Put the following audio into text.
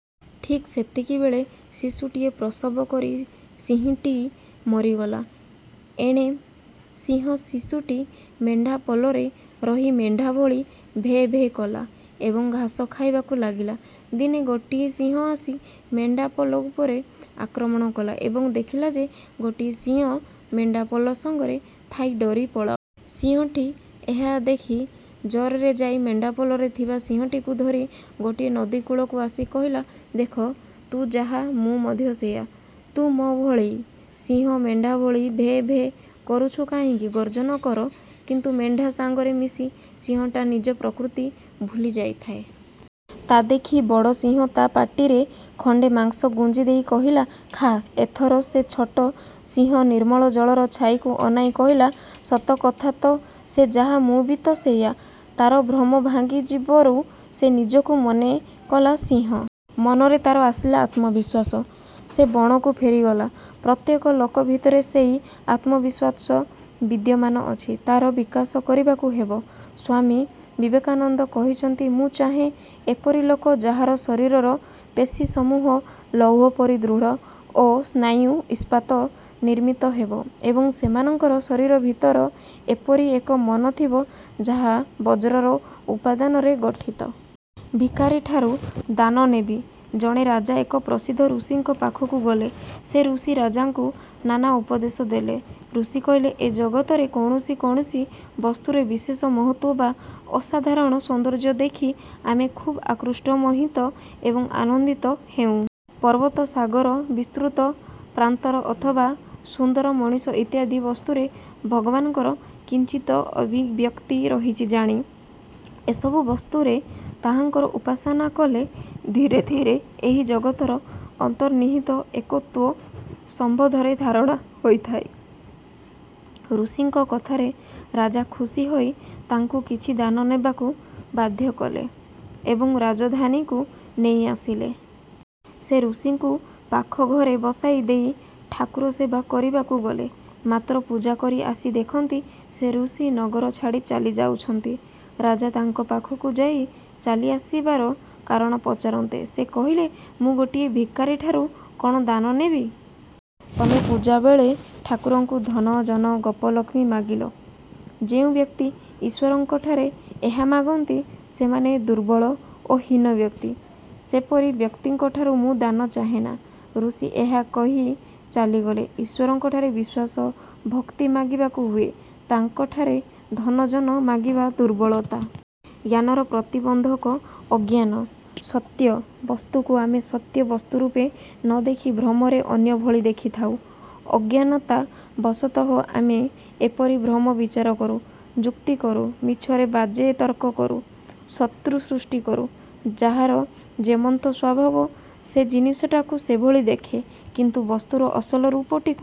ଠିକ୍ ସେତିକିବେଳେ ଶିଶୁଟିଏ ପ୍ରସବ କରି ସିଂହୀଟି ମରିଗଲା। ଏଣେ ସିଂହଶିଶୁଟି ମେଣ୍ଢାପଲରେ ରହି ମେଣ୍ଢା ଭଳି ଭେ ଭେ କଲା ଏବଂ ଘାସ ଖାଇବାକୁ ଲାଗିଲା। ଦିନେ ଗୋଟିଏ ସିଂହ ଆସି ମେଣ୍ଢାପଲ ଉପରେ ଆକ୍ରମଣ କଲା ଏବଂ ଦେଖିଲା ଯେ ଗୋଟିଏ ସିଂହ ମେଣ୍ଢାପଲ ସଙ୍ଗରେ ଥାଇ ଡରି ପଳାଉଛି। ସିଂହଟି ଏହା ଦେଖି ଜୋରରେ ଯାଇ ମେଣ୍ଢାପଲରେ ଥିବା ସିଂହଟିକୁ ଧରି ଗୋଟିଏ ନଦୀକୂଳକୁ ଆସି କହିଲା- ''ଦେଖ, ତୁ ଯାହା, ମୁଁ ମଧ୍ୟ ସେଇଆ। ତୁ ମୋ ଭଳି ସିଂହ, ମେଣ୍ଢାଭଳି ଭେ ଭେ କରୁଛୁ କାହିଁକି? ଗର୍ଜନ କର। '' କିନ୍ତୁ ମେଣ୍ଢା ସାଙ୍ଗରେ ମିଶି ସିଂହଟା ନିଜ ପ୍ରକୃତି ଭୁଲି ଯାଇଥାଏ। ତା ଦେଖି ବଡ଼ ସିଂହ ତା' ପାଟିରେ ଖଣ୍ଡେ ମାଂସ ଗୁଞ୍ଜିଦେଇ କହିଲା, ''ଖା''। ଏଥର ସେ ଛୋଟ ସିଂହ ନିର୍ମଳ ଜଳର ଛାଇକୁ ଅନାଇ କହିଲା-''ସତକଥା ତ! ସେ ଯାହା, ମୁଁ ବି ତ ସେଇଆ। '' ତାର ଭ୍ରମ ଭାଙ୍ଗିଯିବରୁ ସେ ନିଜକୁ ମନେ କଲା ସିଂହ। ମନରେ ତାର ଆସିଲା ଆତ୍ମବିଶ୍ୱାସ। ସେ ବଣକୁ ଫେରିଗଲା। ପ୍ରତ୍ୟେକ ଲୋକ ଭିତରେ ସେଇ ଆତ୍ମବିଶ୍ୱାସ ବିଦ୍ୟମାନ ଅଛି। ତା'ର ବିକାଶ କରିବାକୁ ହେବ। ସ୍ୱାମୀ ବିବେକାନନ୍ଦ କହିଛନ୍ତି-ମୁଁ ଚାହେଁ ଏପରି ଲୋକ ଯାହାର ଶରୀରର ପେଶୀ-ସମୂହ ଲୌହପରି ଦୃଢ଼ ଓ ସ୍ନାୟୁ ଇସ୍ପାତ ନିର୍ମିତ ହେବ ଏବଂ ସେମାନଙ୍କର ଶରୀର ଭିତରେ ଏପରି ଏକ ମନ ଥିବ ଯାହା ବଜ୍ରର ଉପାଦାନରେ ଗଠିତ। 'ଭିକାରିଠାରୁ ଦାନ ନେବି! ' ଜଣେ ରାଜା ଏକ ପ୍ରସିଦ୍ଧ ଋଷିଙ୍କ ପାଖକୁ ଗଲେ। ସେ ଋଷି ରାଜାଙ୍କୁ ନାନା ଉପଦେଶ ଦେଲେ। ଋଷି କହିଲେ-ଏ ଜଗତରେ କୌଣସି କୌଣସି ବସ୍ତୁରେ। ବିଶେଷ ମହତ୍ତ୍ୱ ବା ଅସାଧାରଣ ସୌନ୍ଦର୍ଯ୍ୟ ଦେଖି ଆମେ ଖବ୍ ଆକୃଷ୍ଟ, ମୋହିତ ଏବଂ ଆନନ୍ଦିତ ହେଉଁ। ପର୍ବତ, ସାଗର, ବିସ୍ତୃତ ପ୍ରାନ୍ତର ଅଥବା ସୁନ୍ଦର ମଣିଷ ଇତ୍ୟାଦି ବସ୍ତୁରେ ଭଗବାନଙ୍କର କିଞ୍ଚିତ ଅଭିବ୍ୟକ୍ତି ରହିଛି ଜାଣି, ଏସବୁ ବସ୍ତୁରେ ତାହାଙ୍କର ଉପାସନା କଲେ ଧୀରେ ଧୀରେ ଏହି ଜଗତର ଅନ୍ତନିର୍ହିତ ଏକତ୍ୱ ସମ୍ବନ୍ଧରେ ଧାରଣା ହୋଇଥାଏ। ଋଷିଙ୍କ କଥାରେ ରାଜା ଖୁସି ହୋଇ ତାଙ୍କୁ କିଛି ଦାନ ନେବାକୁ ବାଧ୍ୟ କଲେ ଏବଂ ରାଜଧାନୀକୁ ନେଇ ଆସିଲେ। ସେ ଋଷିଙ୍କୁ ପାଖ ଘରେ ବସାଇ ଦେଇ ଠାକୁରସେବା କରିବାକୁ ଗଲେ। ମାତ୍ର ପୂଜା କରି ଆସି ଦେଖନ୍ତି ସେ ଋଷି ନଗର ଛାଡ଼ି ଚାଲି ଯାଉଛନ୍ତି। ରାଜା ତାଙ୍କ ପାଖକୁ ଯାଇ ଚାଲିଆସିବାର କାରଣ ପଚାରନ୍ତେ ସେ କହିଲେ-''ମୁଁ ଗୋଟିଏ ଭିକାରୀଠାରୁ କ'ଣ ଦାନ ନେବି? ତମେ ପୂଜାବେଳେ ଠାକୁରଙ୍କୁ ଧନ, ଜନ, ଗୋପଲକ୍ଷ୍ମୀ ମାଗିଲ। ଯେଉଁ ବ୍ୟକ୍ତି ଈଶ୍ୱରଙ୍କଠାରେ ଏହା ମାଗନ୍ତି ସେମାନେ ଦୁର୍ବଳ ଓ ହୀନ ବ୍ୟକ୍ତି। ସେପରି ବ୍ୟକ୍ତିଙ୍କଠାରୁ ମୁଁ ଦାନ ଚାହେଁନା। '' ଋଷି ଏହା କହି ଚାଲିଗଲେ। ଈଶ୍ୱରଙ୍କଠାରେ ବିଶ୍ୱାସ, ଭକ୍ତି ମାଗିବାକୁ ହୁଏ। ତାଙ୍କଠାରେ ଧନ, ଜନ ମାଗିବା ଦୁର୍ବଳତା। ଜ୍ଞାନର ପ୍ରତିବନ୍ଧକ ଅଜ୍ଞାନ ସତ୍ୟ ବସ୍ତୁକୁ ଆମେ ସତ୍ୟ ବସ୍ତୁରୂପେ ନ ଦେଖି ଭ୍ରମରେ ଅନ୍ୟ ଭଳି ଦେଖୁଥାଇଁ। ଅଜ୍ଞାନତାବଶତଃ ଆମେ ଏପରି ଭ୍ରମ ବିଚାର କରୁ। ଯୁକ୍ତି କରୁ, ମିଛରେ ବାଜେ ତର୍କ କରୁ। ଶତ୍ରୁ ସୃଷ୍ଟି କରୁ। 'ଯାହାର ଯେମନ୍ତ ସ୍ୱଭାବ', ସେ ଜିନିଷଟାକୁ ସେହିଭଳି ଦେଖେ; କିନ୍ତୁ ବସ୍ତୁର ଅସଲ ରୂପଟିକୁ